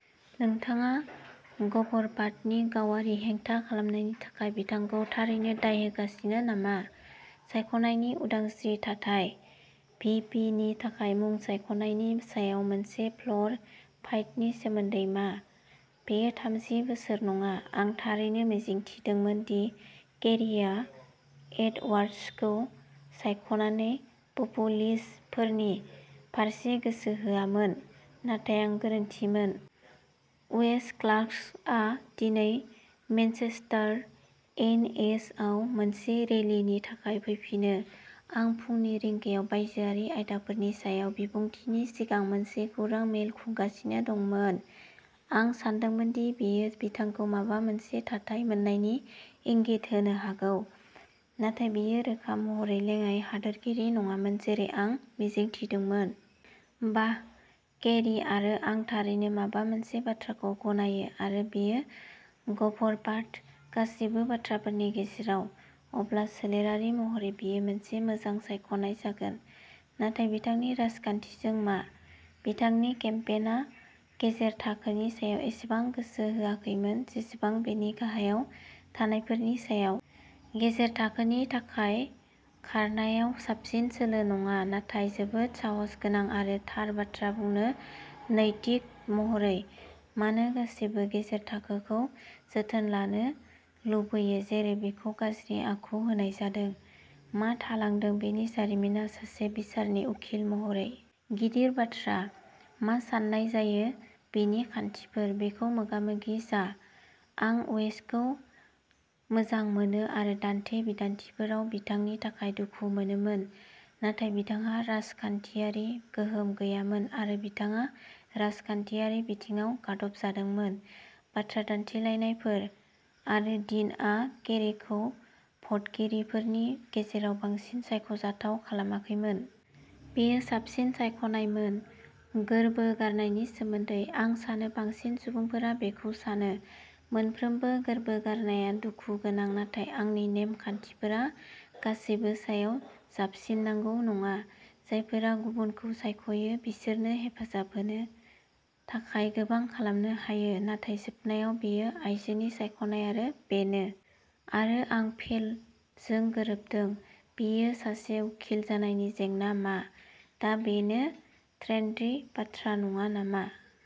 " नोंथाङा गर्भपातनि गावारि हेंथा खालामनायनि थाखाय बिथांखौ थारैनो दाय होगासिनो नामा? "सायख'नायनि उदांस्रि", थाथाय? भि. पि. नि थाखाय मुं सायख'नायनि सायाव मोनसे फ्ल'र फाइटनि सोमोन्दै मा? बेयो थामजि बोसोर नङा। आं थारैनो मिजिंथिदोंमोन दि केरीआ एडवार्ड्सखौ सायख'नानै'पपुलिस्ट'फोरनि फारसे गोसो होआमोन, नाथाय आं गोरोन्थिमोन। वेस क्लार्कआ दिनै मेनचेस्टार, एन. एच. आव मोनसे रेलिनि थाखाय फैफिनो, आरो फुंनि रिंगायाव बायजोआरि आयदाफोरनि सायाव बिबुंथिनि सिगां मोनसे खौरां मेल खुंगासिनो दंमोन। आं सानदोंमोन दि बेयो बिथांखौ माबा मोनसे थाथाय मोन्नायनि इंगित होनो हागौ नाथाय बेयो रोखा महरै लेङाइ हादोरगिरि नङामोन जेरै आं मिजिंथिदोंमोन। बाह, केरी आरो आं थारैनो माबा मोनसे बाथ्राखौ गनायो। आरो बेयो गर्भपात, गासैबो बाथ्राफोरनि गेजेराव! अब्ला सोलोआरि महरै बियो मोनसे मोजां सायख'नाय जागोन। नाथाय बिथांनि राजखान्थिजों मा? बिथांनि केम्पेइना गेजेर थाखोनि सायाव एसेबां गोसो होआखैमोन जेसेबां बेनि गाहायाव थानायफोरनि सायाव। गेजेर थाखोनि थाखाय खारनायाव साबसिन सोलो नङा नाथाय जोबोद साहसगोनां आरो थार बाथ्रा बुंनो नैतिक महरै। मानो गासैबो गेजेर थाखोखौ जोथोन लानो लुबैयो जेरै बेखौ गाज्रि आखु होनाय जादों? मा थालांदों बिनि जारिमिनआ सासे बिसारनि उखिल महरै। गिदिर बाथ्रा। मा सान्नाय जायो बिनि खान्थिफोर। बेखौ मोगा-मोगि जा। आं वेसखौ मोजां मोनो आरो दान्थे-बिदान्थेफोराव बिथांनि थाखाय दुखु मोनोमोन नाथाय बिथांहा राजखान्थियारि गोहोम गैयामोन आरो बिथाङा राजखान्थियारि बिथिङाव गादबजादोंमोन। बाथ्रा दान्थेलायनायफोर। आरो डीनआ केरीखौ भटगिरिफोरनि गेजेराव बांसिन सायख'जाथाव खालामाखैमोन। बेयो साबसिन सायख'नाय मोन। गोर्बो गारनायनि सोमोन्दै। आं सानो बांसिन सुबुंफोरा बेखौ सानो। मोनफ्रोमबो गोर्बो गारनाया दुखु गोनां नाथाय आंनि नेम-खान्थिफोरा गासिबोनि सायाव जाबसिनांगौ नङा। जायफोरा गुबुनखौ सायख'यो बिसोरनो हेफाजाब होनो थाखाय गोबां खालामनो हायो, नाथाय जोबनायाव बेयो आयजोनि सायख'नाय आरो बेनो। आरो आं फेल'जों गोरोबदों। बियो सासे उखिल जानायनि जेंना मा? दा बेनो ट्रेन्डी बाथ्रा नङा नामा?